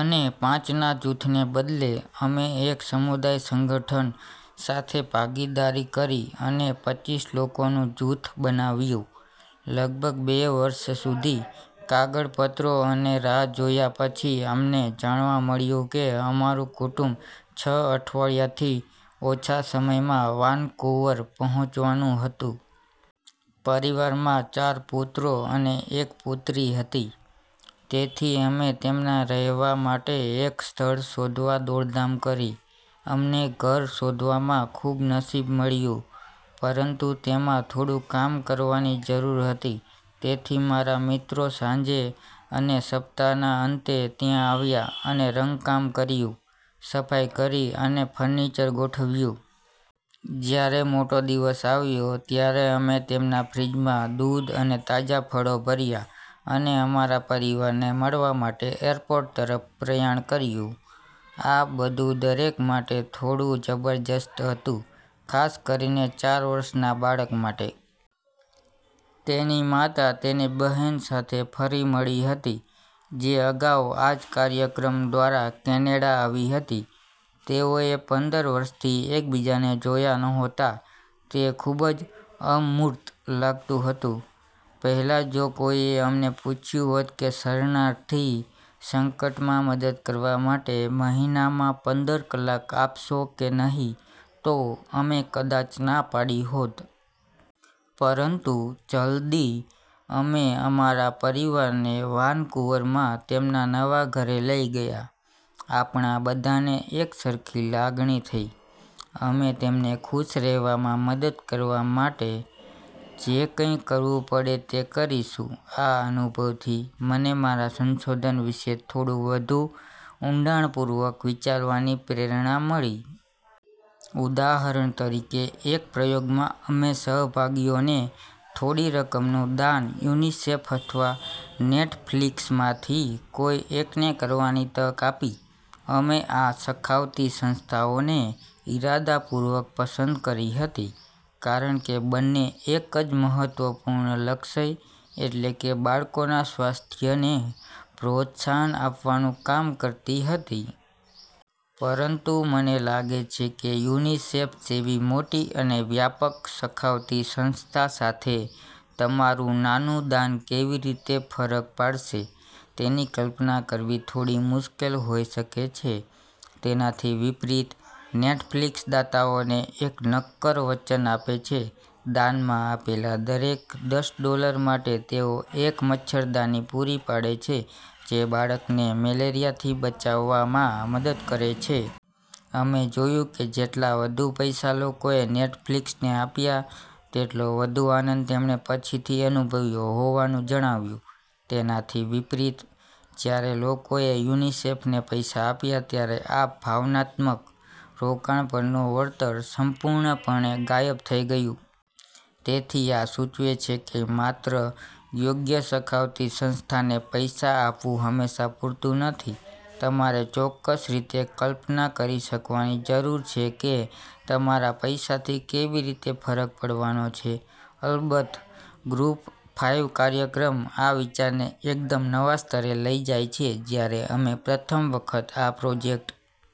અને પાંચના જૂથને બદલે, અમે એક સમુદાય સંગઠન સાથે ભાગીદારી કરી અને પચીસ લોકોનું જૂથ બનાવ્યું. લગભગ બે વર્ષ સુધી કાગળપત્રો અને રાહ જોયા પછી, અમને જાણવા મળ્યું કે અમારું કુટુંબ છ અઠવાડિયાથી ઓછા સમયમાં વાનકુવર પહોંચવાનું હતું. પરિવારમાં ચાર પુત્રો અને એક પુત્રી હતી. તેથી અમે તેમના રહેવા માટે એક સ્થળ શોધવા દોડધામ કરી. અમને ઘર શોધવામાં ખૂબ નસીબ મળ્યું, પરંતુ તેમાં થોડું કામ કરવાની જરૂર હતી. તેથી મારા મિત્રો સાંજે અને સપ્તાહના અંતે ત્યાં આવ્યા અને રંગકામ કર્યું, સફાઈ કરી અને ફર્નિચર ગોઠવ્યું. જ્યારે મોટો દિવસ આવ્યો, ત્યારે અમે તેમના ફ્રિજમાં દૂધ અને તાજાં ફળો ભર્યાં અને અમારા પરિવારને મળવા માટે એરપોર્ટ તરફ પ્રયાણ કર્યું. આ બધું દરેક માટે થોડું જબરજસ્ત હતું, ખાસ કરીને ચાર વર્ષના બાળક માટે. તેની માતા તેની બહેન સાથે ફરી મળી હતી, જે અગાઉ આ જ કાર્યક્રમ દ્વારા કેનેડા આવી હતી. તેઓએ પંદર વર્ષથી એકબીજાને જોયા નહોતા. તે ખૂબ જ અમૂર્ત લાગતું હતું. પહેલાં, જો કોઈએ અમને પૂછ્યું હોત કે શરણાર્થી સંકટમાં મદદ કરવા માટે મહિનામાં પંદર કલાક આપશો કે નહીં, તો અમે કદાચ ના પાડી હોત. પરંતુ જલદી અમે અમારા પરિવારને વાનકુવરમાં તેમના નવા ઘરે લઈ ગયા, આપણા બધાને એકસરખી લાગણી થઈ: અમે તેમને ખુશ રહેવામાં મદદ કરવા માટે જે કંઈ કરવું પડે તે કરીશું. આ અનુભવથી મને મારા સંશોધન વિશે થોડું વધુ ઊંડાણપૂર્વક વિચારવાની પ્રેરણા મળી. ઉદાહરણ તરીકે, એક પ્રયોગમાં અમે સહભાગીઓને થોડી રકમનું દાન યુનિસેફ અથવા નેટફ્લિક્સમાંથી કોઈ એકને કરવાની તક આપી. અમે આ સખાવતી સંસ્થાઓને ઇરાદાપૂર્વક પસંદ કરી હતી, કારણ કે બંને એક જ મહત્વપૂર્ણ લક્ષ્ય, એટલે કે બાળકોના સ્વાસ્થ્યને પ્રોત્સાહન આપવાનું કામ કરતી હતી. પરંતુ મને લાગે છે કે યુનિસેફ જેવી મોટી અને વ્યાપક સખાવતી સંસ્થા સાથે, તમારું નાનું દાન કેવી રીતે ફરક પાડશે તેની કલ્પના કરવી થોડી મુશ્કેલ હોઈ શકે છે. તેનાથી વિપરીત, નેટફ્લિક્સ દાતાઓને એક નક્કર વચન આપે છે: દાનમાં આપેલા દરેક દસ ડોલર માટે તેઓ એક મચ્છરદાની પૂરી પાડે છે, જે બાળકને મેલેરિયાથી બચાવવામાં મદદ કરે છે. અમે જોયું કે જેટલા વધુ પૈસા લોકોએ નેટફ્લિક્સને આપ્યા, તેટલો વધુ આનંદ તેમણે પછીથી અનુભવ્યો હોવાનું જણાવ્યું. તેનાથી વિપરીત, જ્યારે લોકોએ યુનિસેફને પૈસા આપ્યા ત્યારે આ ભાવનાત્મક રોકાણ પરનું વળતર સંપૂર્ણપણે ગાયબ થઈ ગયું. તેથી આ સૂચવે છે કે માત્ર યોગ્ય સખાવતી સંસ્થાને પૈસા આપવું હંમેશાં પૂરતું નથી. તમારે ચોક્કસ રીતે કલ્પના કરી શકવાની જરૂર છે કે તમારા પૈસાથી કેવી રીતે ફરક પડવાનો છે. અલબત્ત, ગ્રુપ ફાઇવ કાર્યક્રમ આ વિચારને એકદમ નવા સ્તરે લઈ જાય છે. જ્યારે અમે પ્રથમ વખત આ પ્રોજેક્ટ...